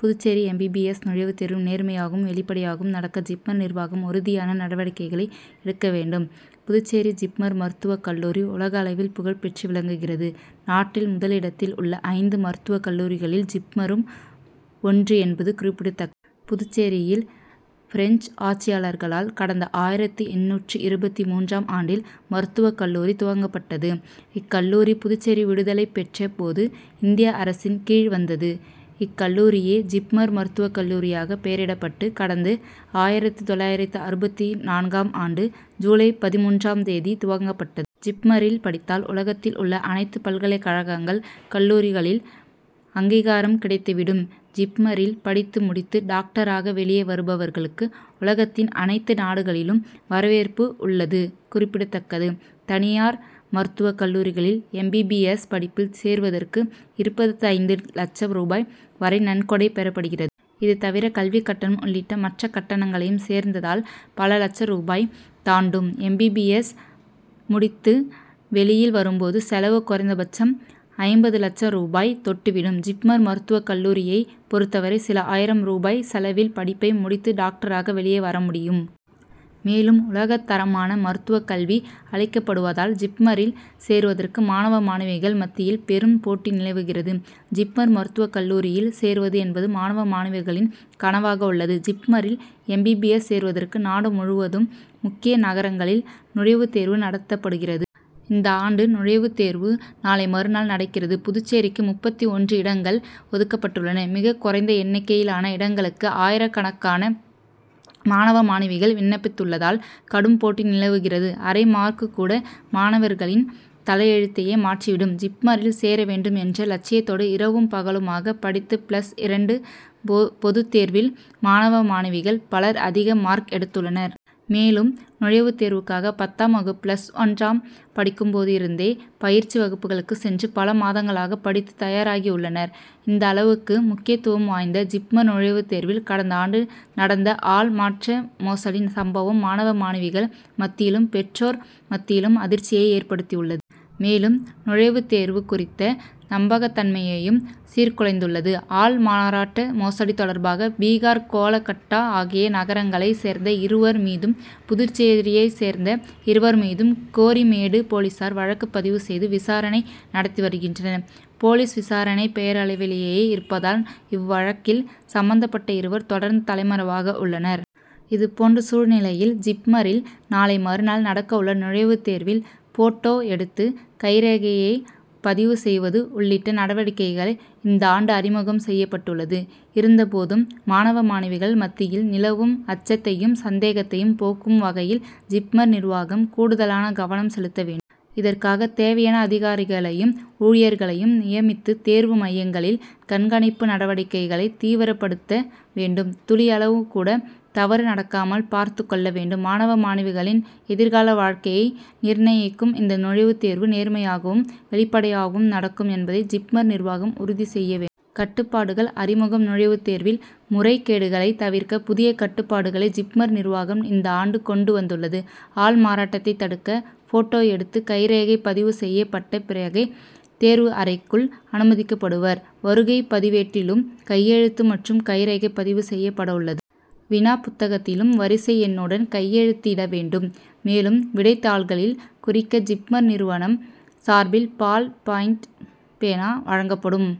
Puducherry M. B. B. S. நுழைவுத் தேர்வு நேர்மையாகவும் வெளிப் படையாகவும் நடக்க ஜிப்மர் நிர்வாகம் உறுதியான நடவடிக்கைகளை எடுக்க வேண்டும். புதுச்சேரி ஜிப்மர் மருத்துவக் கல்லூரி உலகளவில் புகழ் பெற்று விளங்குகிறது. நாட்டில் முதலிடத்தில் உள்ள ஐந்து மருத்துவக் கல்லூரிகளில் ஜிப்மரும் ஒன்று என்பது குறிப்பிடத்தக்கது. புதுச்சேரியில் பிரெஞ்சு ஆட்சியாளர்களால் கடந்த ஆயிரத்து எண்ணூற்று இருபத்து மூன்றாம் ஆண்டில் மருத்துவக் கல்லூரி துவக்கப்பட்டது. இக்கல்லூரி புதுச்சேரி விடுதலைப் பெற்ற போது இந்திய அரசின் கீழ் வந்தது. இக் கல்லூரியே ஜிப்மர் மருத்துவக் கல்லூரியாக பெயரிடப்பட்டு கடந்த ஆயிரத்து தொள்ளாயிரத்து அறுபத்து நான்காம் ஆண்டு ஜூலை பதின்மூன்றாம் தேதி துவக்கப்பட்டது. ஜிப்மரில் படித்தால் உலகத்தில் உள்ள அனைத்து பல்கலைக் கழகங்கள் கல்லூரிகளில் அங்கீகாரம் கிடைத்துவிடும். ஜிப்மரில் படித்து முடித்து டாக்டராக வெளியே வருபவர் களுக்கு உலகத்தின் அனைத்து நாடுகளிலும் வரவேற்பு உள் ளது குறிப்பிடத்தக்கது. தனியார் மருத்துவக் கல்லூரிகளில் எம். பி. பி. எஸ். படிப்பில் சேருவதற்கு இருபத்தைந்து லட்சம் ரூபாய் வரை நன்கொடை பெறப்படுகிறது. இதுதவிர கல்விக் கட்டணம் உள்ளிட்ட மற்ற கட்டணங்களையும் சேர்த் தால் பல லட்சம் ரூபாயை தாண் டும். எம். பி. பி. எஸ். முடித்து வெளியில் வரும்போது செலவு குறைந்தபட்சம் ஐம்பது லட்சம் ரூபாயை தொட்டுவிடும். ஜிப்மர் மருத்துவக் கல்லூரியை பொருத்தவரை சில ஆயிரம் ரூபாய் செலவில் படிப்பை முடித்து டாக்டராக வெளியில் வர முடியும். மேலும் உலகத் தரமான மருத்துவக் கல்வி அளிக்கப்படுவதால் ஜிப்மரில் சேருவதற்கு மாணவ மாணவிகள் மத்தியில் பெரும் போட்டி நிலவுகிறது. ஜிப்மர் மருத்துவக் கல்லூரியில் சேருவது என்பது மாணவ மாணவிகளின் கனவாக உள்ளது. ஜிப்மரில் எம். பி. பி. எஸ். சேருவதற்கு நாடு முழுவதும் முக்கிய நகரங்களில் நுழைவுத் தேர்வு நடத் தப்படுகிறது. இந்தாண்டு நுழைவுத் தேர்வு நாளை மறுநாள் நடக்கிறது. புதுச்சேரிக்கு முப்பத்து ஒன்று இடங்கள் ஒதுக்கப்பட்டுள்ளன. மிகக் குறைந்த எண்ணிக்கையிலான இடங்களுக்கு ஆயிரக்கணக்கான மாணவ மாணவிகள் விண்ணப்பித்துள்ளதால் கடும் போட்டி நிலவுகிறது. அரை மார்க்கூட மாணவர்களின் தலையெழுத்தையே மாற்றிவிடும். ஜிப்மரில் சேர வேண்டும் என்ற லட்சியத்தோடும் இரவும் பகலுமாக படித்து பிளஸ் இரண்டு பொதுத் தேர்வில் மாணவ மாணவிகள் பலர் அதிக மார்க் எடுத்துள்ளனர். மேலும் நுழைவுத் தேர்வுக்காக பத்தாம் வகுப்பு பிளஸ் ஒன்றாம் படிக்கும்போதிருந்தே பயிற்சி வகுப்புகளுக்கு சென்று பல மாதங்களாக படித்து தயாராகி உள்ளனர். இந்தளவுக்கு முக்கியத்துவம் வாய்ந்த ஜிப்மர் நுழைவுத் தேர்வில் கடந்தாண்டு நடந்த ஆள் மாறாட்ட மோசடி சம்பவம் மாணவ மாணவிகள் மத்தியிலும் பெற்றோர் மத்தியிலும் அதிர்ச்சியை ஏற்படுத்தியுள் ளது. மேலும் நுழைவுத் தேர்வு குறித்த நம்பகத்தன்மையையும் சீர்குலைத்துள்ளது. ஆள் மாறாட்ட மோசடி தொடர்பாக பீகார் கோல் கட்டா ஆகிய நகரங்களை சேர்ந்த இருவர் மீதும் புதுச்சேரியை சேர்ந்த இருவர் மீதும் கோரிமேடு போலீசார் வழக்கு பதிவு செய்து விசாரணை நடத்தி வருகின்றனர். போலீஸ் விசாரணை பெயரளவிலேயே இருப்பதால் இவ்வழக்கில் சம்பந்தப்பட்ட இருவர் தொடர்ந்து தலைமறைவாக உள்ளனர். இதுபோன்ற சூழ்நிலையில் ஜிப்மரில் நாளை மறுநாள் நடக்க உள்ள நுழைவுத் தேர்வில் போட்டோ எடுத்து கைரேகையை பதிவு செய்வது உள்ளிட்ட நடவடிக்கைகள் இந்தாண்டு அறிமுகம் செய்யப் பட்டுள்ளது. இருந்தபோதும் மாணவ மாணவிகள் மத்தியில் நிலவும் அச்சத்தையும் சந்தேகத்தையும் போக்கும் வகையில் ஜிப்மர் நிர்வாகம் கூடுதலான கவனம் செலுத்த வேண்டும். இதற்காக தேவையான அதிகாரிகளையும் ஊழியர்களையும் நியமித்து தேர்வு மையங்களில் கண்காணிப்பு நடவடிக் கைகளை தீவிரப்படுத்த வேண்டும். துளியளவுகூட தவறு நடக்காமல் பார்த்துக் கொள்ள வேண்டும். மாணவ மாணவிகளின் எதிர்கால வாழ்க்கையை நிர்ணயிக்கும் இந்த நுழைவுத் தேர்வு நேர்மையாகவும் வெளிப்படையாகவும் நடக்கும் என்பதை ஜிப்மர் நிர்வாகம் உறுதி செய்ய வேண்டும். கட்டுப்பாடுகள் அறிமுகம் நுழைவுத் தேர்வில் முறை கேடுகளை தவிர்க்க புதிய கட்டுப்பாடுகளை ஜிப்மர் நிர்வாகம் இந்தாண்டு கொண்டு வந்துள்ளது. ஆள் மாறாட்டத்தை தடுக்க போட்டோ எடுத்து கைரேகை பதிவு செய்யப் பட்ட பிறகே தேர்வு அறைக் குள் அனுமதிக்கப்படுவர். வருகை பதிவேட்டிலும் கையெழுத்து மற்றும் கைரேகை பதிவு செய்யப் பட உள்ளது. வினா புத்தகத்திலும் வரிசை எண்ணுடன் கையெழுத்திட வேண்டும். மேலும் விடைத் தாள்களில் குறிக்க ஜிப்மர் நிறுவனம் சார்பில் பால் பாயின்ட் பேனா வழங்கப்படும்.